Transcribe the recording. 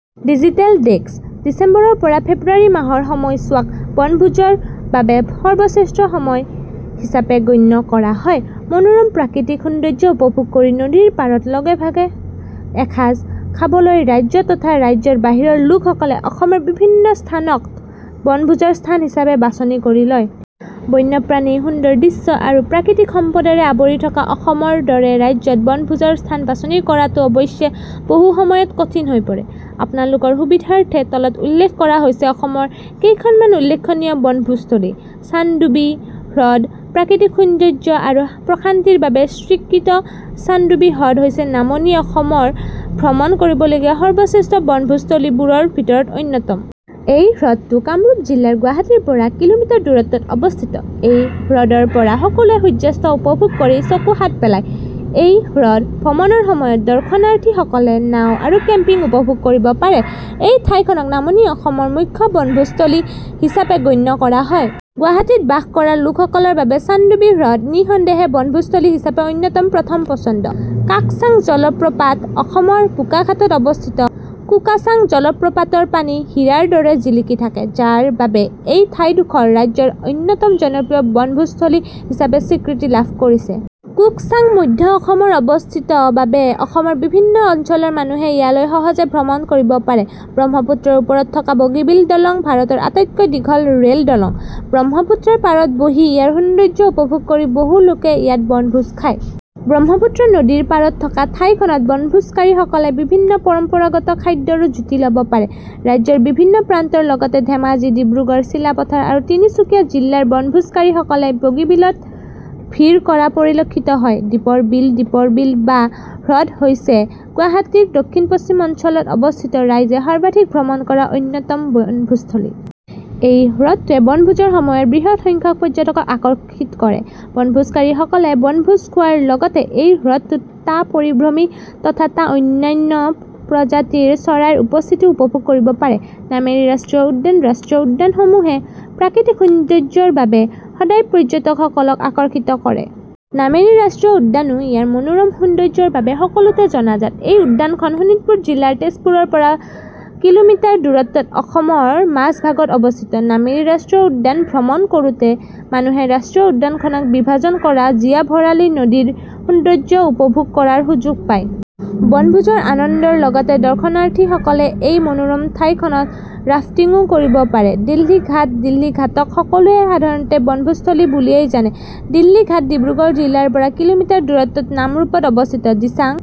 Digital desk: ডিচেম্বৰৰ পৰা ফেব্ৰুৱাৰী মাহৰ সময়ছোৱাক বনভোজৰ বাবে সৰ্বশ্ৰেষ্ঠ সময় হিচাপে গণ্য কৰা হয়। মনোৰম প্ৰাকৃতিক সৌন্দৰ্য উপভোগ কৰি নদীৰ পাৰত লগে-ভাগে এসাজ খাবলৈ ৰাজ্য তথা ৰাজ্যৰ বাহিৰৰ লোকসকলে অসমৰ বিভিন্ন স্থানক বনভোজৰ স্থান হিচাপে বাছনি কৰি লয়। বন্যপ্ৰাণী, সুন্দৰ দৃশ্য আৰু প্ৰাকৃতিক সম্পদেৰে আৱৰি থকা অসমৰ দৰে ৰাজ্যত বনভোজৰ স্থান বাছনি কৰাটো অৱশ্যে বহুসময়ত কঠিন হৈ পৰে। আপোনালোকৰ সুবিধাৰ্থে তলত উল্লেখ কৰা হৈছে অসমৰ কেইখনমান উল্লেখনীয় বনভোজস্থলী- চানডুবি হ্ৰদ প্ৰাকৃতিক সৌন্দৰ্য আৰু প্ৰশান্তিৰ বাবে স্বীকৃত চানডুবি হ্ৰদ হৈছে নামনি অসমৰ ভ্ৰমণ কৰিবলগীয়া সৰ্বশ্ৰেষ্ঠ বনভোজস্থলীবোৰৰ ভিতৰত অন্যতম। এই হ্ৰদটো কামৰূপ জিলাৰ গুৱাহাটীৰ পৰা কিলোমিটাৰ দূৰত্বত অৱস্থিত। এই হ্ৰদৰ পৰা সকলোয়ে সূৰ্যাস্ত উপভোগ কৰি চকু শাত পেলায়। এই হ্ৰদ ভ্ৰমণৰ সময়ত দৰ্শনাৰ্থীসকলে নাও আৰু কেম্পিং উপভোগ কৰিব পাৰে। এই ঠাইখনক নামনি অসমৰ মুখ্য বনভোজস্থলী হিচাপে গণ্য কৰা হয়। গুৱাহাটীত বাস কৰা লোকসকলৰ বাবে চানডুবি হ্ৰদ নি:সন্দেহে বনভোজস্থলী হিচাপে অন্যতম প্ৰথম পছন্দ। কাকচাং জলপ্ৰপাত অসমৰ বোকাখাতত অৱস্থিত কোকাচাং জলপ্ৰপাতৰ পানী হীৰাৰ দৰে জিলিকি থাকে। যাৰ বাবে এই ঠাইডোখৰ ৰাজ্যৰ অন্যতম জনপ্ৰিয় বনভোজস্থলী হিচাপে স্বীকৃতি লাভ কৰিছে। কোকচাং মধ্য অসমৰ অৱস্থিত বাবে অসমৰ বিভিন্ন অঞ্চলৰ মানুহে ইয়ালৈ সহজে ভ্ৰমণ কৰিব পাৰে। ব্ৰহ্মপুত্ৰৰ ওপৰত থকা বগীবিল দলং ভাৰতৰ আটাইতকৈ দীঘল ৰেলদলং। ব্ৰহ্মপুত্ৰৰ পাৰত বহি ইয়াৰ সৌন্দৰ্য উপভোগ কৰি বহু লোকে ইয়াত বনভোজ খায়। ব্ৰহ্মপুত্ৰ নদীৰ পাৰত থকা ঠাইখনত বনভোজকাৰীসকলে বিভিন্ন পৰম্পৰাগত খাদ্যৰো জুতি লব পাৰে। ৰাজ্যৰ বিভিন্ন প্ৰান্তৰ লগতে ধেমাজি, ডিব্ৰুগড়, চিলাপাথৰ আৰু তিনিচুকীয়া জিলাৰ বনভোজকাৰীসকলে বগীবিলত ভিৰ কৰা পৰিলক্ষিত হয়। দীপৰ বিল দীপৰ বিল বা হ্ৰদ হৈছে গুৱাহাটীৰ দক্ষিণ-পশ্চিম অঞ্চলত অৱস্থিত ৰাইজে সৰ্বাধিক ভ্ৰমণ কৰা অন্যতম বনভোজস্থলী। এই হ্ৰদটোৱে বনভোজৰ সময়ত বৃহৎ সংখ্যক পৰ্যটকক আকৰ্ষিত কৰে। বনভোজকাৰীসকলে বনভোজ খোৱাৰ লগতে এই হ্ৰদটোত টা পৰিভ্ৰমী তথা টা অন্যান্য প্ৰজাতিৰ চৰাইৰ উপস্থিতিও উপভোগ কৰিব পাৰে। নামেৰী ৰাষ্ট্ৰীয় উদ্যান ৰাষ্ট্ৰীয় উদ্যানসমূহে প্ৰাকৃতিক সৌন্দৰ্যৰ বাবে সদায় পৰ্যটকসকলক আকৰ্ষিত কৰে। নামেৰী ৰাষ্ট্ৰীয় উদ্যানো ইয়াৰ মনোৰম সৌন্দৰ্যৰ বাবে সকলোতে জনাজাত। এই উদ্যানখন শোণিতপুৰ জিলাৰ তেজপুৰৰ পৰা কিলোমিটাৰ দূৰত্বত অসমৰ মাজভাগত অৱস্থিত। নামেৰী ৰাষ্ট্ৰীয় উদ্যান ভ্ৰমণ কৰোতে মানুহে ৰাষ্ট্ৰীয় উদ্যানখনক বিভাজন কৰা জীয়া ভৰালী নদীৰ সৌন্দৰ্যও উপভোগ কৰাৰ সুযোগ পায়। বনভোজৰ আনন্দৰ লগতে দৰ্শনাৰ্থীসকলে এই মনোৰম ঠাইখনত ৰাফ্টিঙো কৰিব পাৰে। দিল্লী ঘাট দিল্লী ঘাটক সকলোৱে সাধাৰণতে বনভোজস্থলী বুলিয়েই জানে। দিল্লী ঘাট ডিব্ৰুগড় জিলাৰ পৰা কিলোমিটাৰ দূৰত্বত নামৰূপত অৱস্থিত। দিচাং